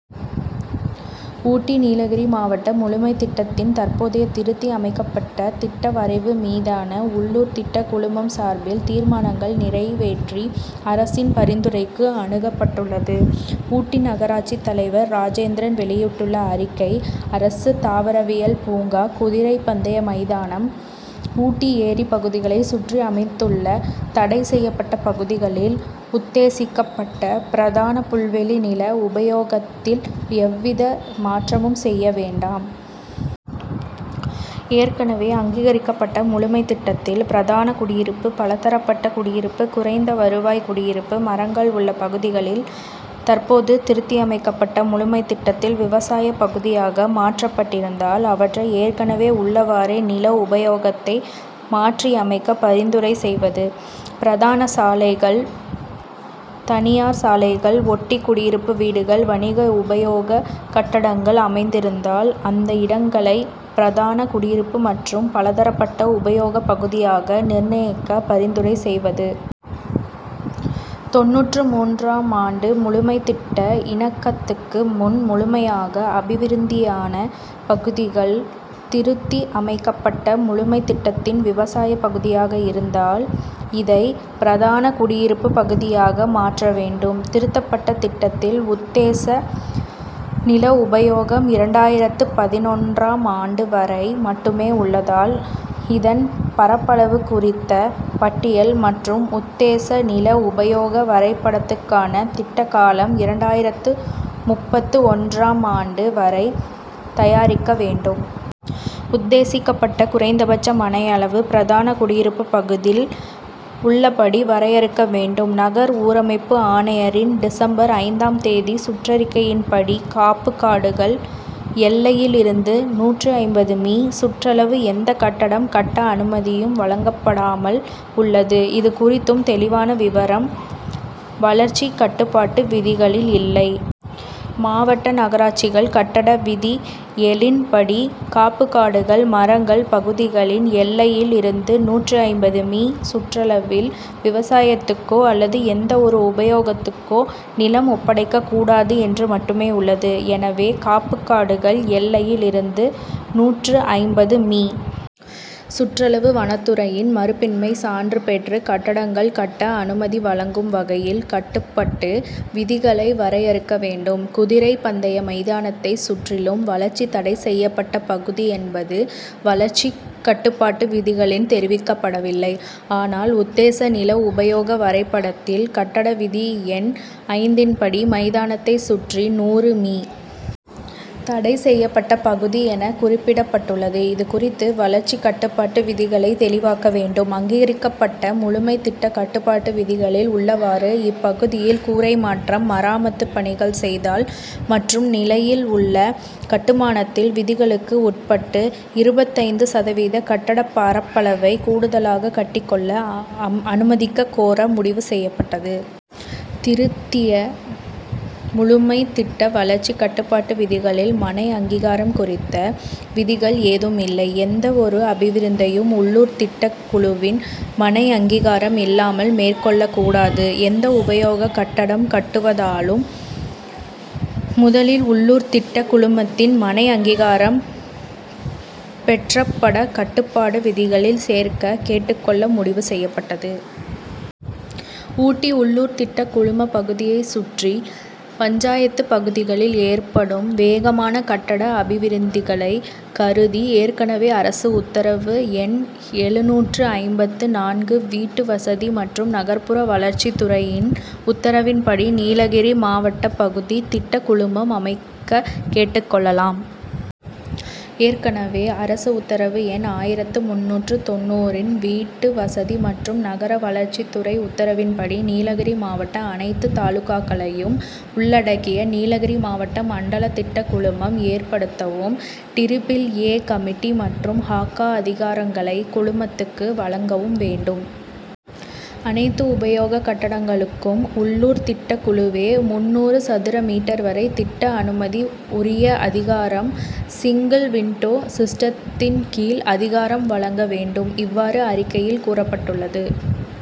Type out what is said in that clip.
ஊட்டி நீலகிரி மாவட்ட முழுமை திட்டத்தில், தற்போதைய திருத்தி அமைக்கப்பட்ட திட்ட வரைவு மீதான உள்ளூர் திட்டக் குழுமம் சார்பில், தீர்மானங்கள் நிறைவேற்றி, அரசின் பரிந்துரைக்கு அனுகப்பட்டுள்ளது. ஊட்டி நகராட்சி தலைவர் ராஜேந்திரன் வெளியிட்டுள்ள அறிக்கை அரசு தாவரவியல் பூங்கா, குதிரைப் பந்தய மைதானம், ஊட்டி ஏரி பகுதிகளை சுற்றி அமைந்துள்ள தடை செய்யப்பட்ட பகுதிகளில், உத்தேசிக்கப்பட்ட பிரதான புல்வெளி நில உபயோகத்தில் எவ்வித மாற்றமும் செய்ய வேண்டாம். ஏற்கனவே அங்கீகரிக்கப்பட்ட முழுமை திட்டத்தில், பிரதான குடியிருப்பு, பல தரப்பட்ட குடியிருப்பு, குறைந்த வருவாய் குடியிருப்பு, மரங்கள் உள்ள பகுதிகளில், தற்போது திருத்தியமைக்கப்பட்ட முழுமை திட்டத்தில், விவசாயப் பகுதியாக மாற்றப்பட்டிருந்தால், அவற்றை ஏற்கனவே உள்ளவாறே நில உபயோகத்தை மாற்றியமைக்க பரிந்துரை செய்வது. பிரதான சாலைகள், தனியார் சாலைகள் ஒட்டி குடியிருப்பு வீடுகள், வணிக உபயோகக் கட்டடங்கள் அமைந்திருந்தால், அந்த இடங்களை பிரதான குடியிருப்பு மற்றும் பலதரப்பட்ட உபயோகப் பகுதியாக நிர்ணயிக்க பரிந்துரை செய்வது. தொண்ணூற்று மூன்றாம் ஆண்டு முழுமை திட்ட இணக்கத்துக்கு முன், முழுமையாக அபிவிருத்தியான பகுதிகள், திருத்தி அமைக்கப்பட்ட முழுமை திட்டத்தில் விவசாயப் பகுதியாக இருந்தால், இதை பிரதான குடியிருப்பு பகுதியாக மாற்ற வேண்டும். திருத்தப்பட்ட திட்டத்தில், உத்தேச நில உபயோகம் இரண்டாயிரத்து பதினொன்றாம் ஆண்டு வரை மட்டுமே உள்ளதால், இதன் பரப்பளவு குறித்த பட்டியல் மற்றும் உத்தேச நில உபயோக வரைபடத்துக்கான திட்ட காலம் இரண்டாயிரத்து முப்பத்து ஒன்றாம் ஆண்டு வரை தயாரிக்க வேண்டும். உத்தேசிக்கப்பட்ட குறைந்தபட்ச மனை அளவு, பிரதான குடியிருப்பு பகுதில் உள்ளபடி வரையறுக்க வேண்டும். நகர் ஊரமைப்பு ஆணையரின் டிசம்பர் ஐந்தாம் தேதி சுற்றறிக்கையின் படி, காப்புக் காடுகள் எல்லையில் இருந்து நூற்று ஐம்பது மீ., சுற்றளவில் எந்த கட்டடம் கட்ட அனுமதியும் வழங்கப்படாமல் உள்ளது இதுகுறித்து தெளிவான விபரம், வளர்ச்சி கட்டுப்பாட்டு விதிகளில் இல்லை. மாவட்ட நகராட்சிகள் கட்டட விதி ஏழின் படி, காப்புக்காடுகள், மரங்கள் பகுதிகளின் எல்லையில் இருந்து நூற்று ஐம்பது மீ., சுற்றளவில் விவசாயத்துக்கோ அல்லது எந்த ஒரு உபயோகத்துக்கோ நிலம் ஒப்படைக்க கூடாது என்று மட்டுமே உள்ளது. எனவே, காப்புக் காடுகள் எல்லையில் இருந்து நூற்று ஐம்பது மீ., சுற்றளவு வனத்துறையின் மறுப்பின்மை சான்று பெற்று கட்டடங்கள் கட்ட அனுமதி வழங்கும் வகையில் கட்டுப்பட்டு, விதிகளை வரையறுக்க வேண்டும். குதிரைப் பந்தய மைதானத்தை சுற்றிலும், வளர்ச்சி தடை செய்யப்பட்ட பகுதி என்பது வளர்ச்சி கட்டுப்பாட்டு விதிகளில் தெரிவிக்கப்படவில்லை ஆனால், உத்தேச நில உபயோக வரைபடத்தில் கட்டட விதி எண் ஐந்தின் படி, மைதானத்தை சுற்றி நூறு மீ., தடை செய்யப்பட்ட பகுதி என குறிப்பிடப்பட்டுள்ளது இதுகுறித்து, வளர்ச்சி கட்டுப்பாட்டு விதிகளை தெளிவாக்க வேண்டும். அங்கீகரிக்கப்பட்ட முழுமை திட்ட கட்டுப்பாட்டு விதிகளில் உள்ளவாறு, இப்பகுதியில் கூரைமாற்றம், மராமத்துப் பணிகள் செய்தால் மற்றும் நிலையில் உள்ள கட்டுமானத்தில், விதிகளுக்கு உட்பட்டு இருபத்தைந்து சதவீத கட்டட பரப்பளவை கூடுதலாக கட்டிக் கொள்ள அனுமதிக்க கோர முடிவு செய்யப்பட்டது. திருத்திய முழுமை திட்ட வளர்ச்சி கட்டுப்பாட்டு விதிகளில், மனை அங்கீகாரம் குறித்த விதிகள் ஏதும் இல்லை. எந்த ஒரு அபிவிருத்தயும், உள்ளூர் திட்டக் குழுவின் மனை அங்கீகாரம் இல்லாமல் மேற்கொள்ளக் கூடாது எந்த உபயோகக் கட்டடம் கட்டுவதாலும், முதலில் உள்ளூர் திட்ட குழுமத்தின் மனை அங்கீகாரம் பெற்றப்பட கட்டுப்பாடு விதிகளில் சேர்க்க கேட்டுக்கொள்ள முடிவு செய்யப்பட்டது. ஊட்டி உள்ளூர் திட்டக் குழும பகுதியை சுற்றி, பஞ்சாயத்து பகுதிகளில் ஏற்படும் வேகமான கட்டட அபிவிருத்திகளை கருதி, ஏற்கனவே அரசு உத்தரவு எண் எழுநூற்று ஐம்பத்து நான்கு வீட்டு வசதி மற்றும் நகர்புற வளர்ச்சி துறையின் உத்தரவின் படி, நீலகிரி மாவட்ட பகுதி திட்ட குழுமம் அமைக்க கேட்டுக் கொள்ளலாம். ஏற்கனவே, அரசு உத்தரவு எண் ஆயிரத்து முன்னூற்று தொண்ணூறு ன் வீட்டு வசதி மற்றும் நகர வளர்ச்சி துறை உத்தரவின் படி, நீலகிரி மாவட்ட அனைத்து தாலுகாக்களையும் உள்ளடக்கிய நீலகிரி மாவட்ட மண்டல திட்டக் குழுமம் ஏற்படுத்தவும், டிரிபிள் ஏ கமிட்டி மற்றும் ஹாக்கா அதிகாரங்களை குழுமத்துக்கு வழங்கவும் வேண்டும். அனைத்து உபயோகக் கட்டடங்களுக்கும் உள்ளூர் திட்டக்குழுவே முன்னூறு சதுர மீட்டர் வரை திட்ட அனுமதி, உரிய அதிகாரம், சிங்கிள் விண்டோ சிஸ்டத்தின் கீழ் அதிகாரம் வழங்க வேண்டும். இவ்வாறு, அறிக்கையில் கூறப்பட்டுள்ளது.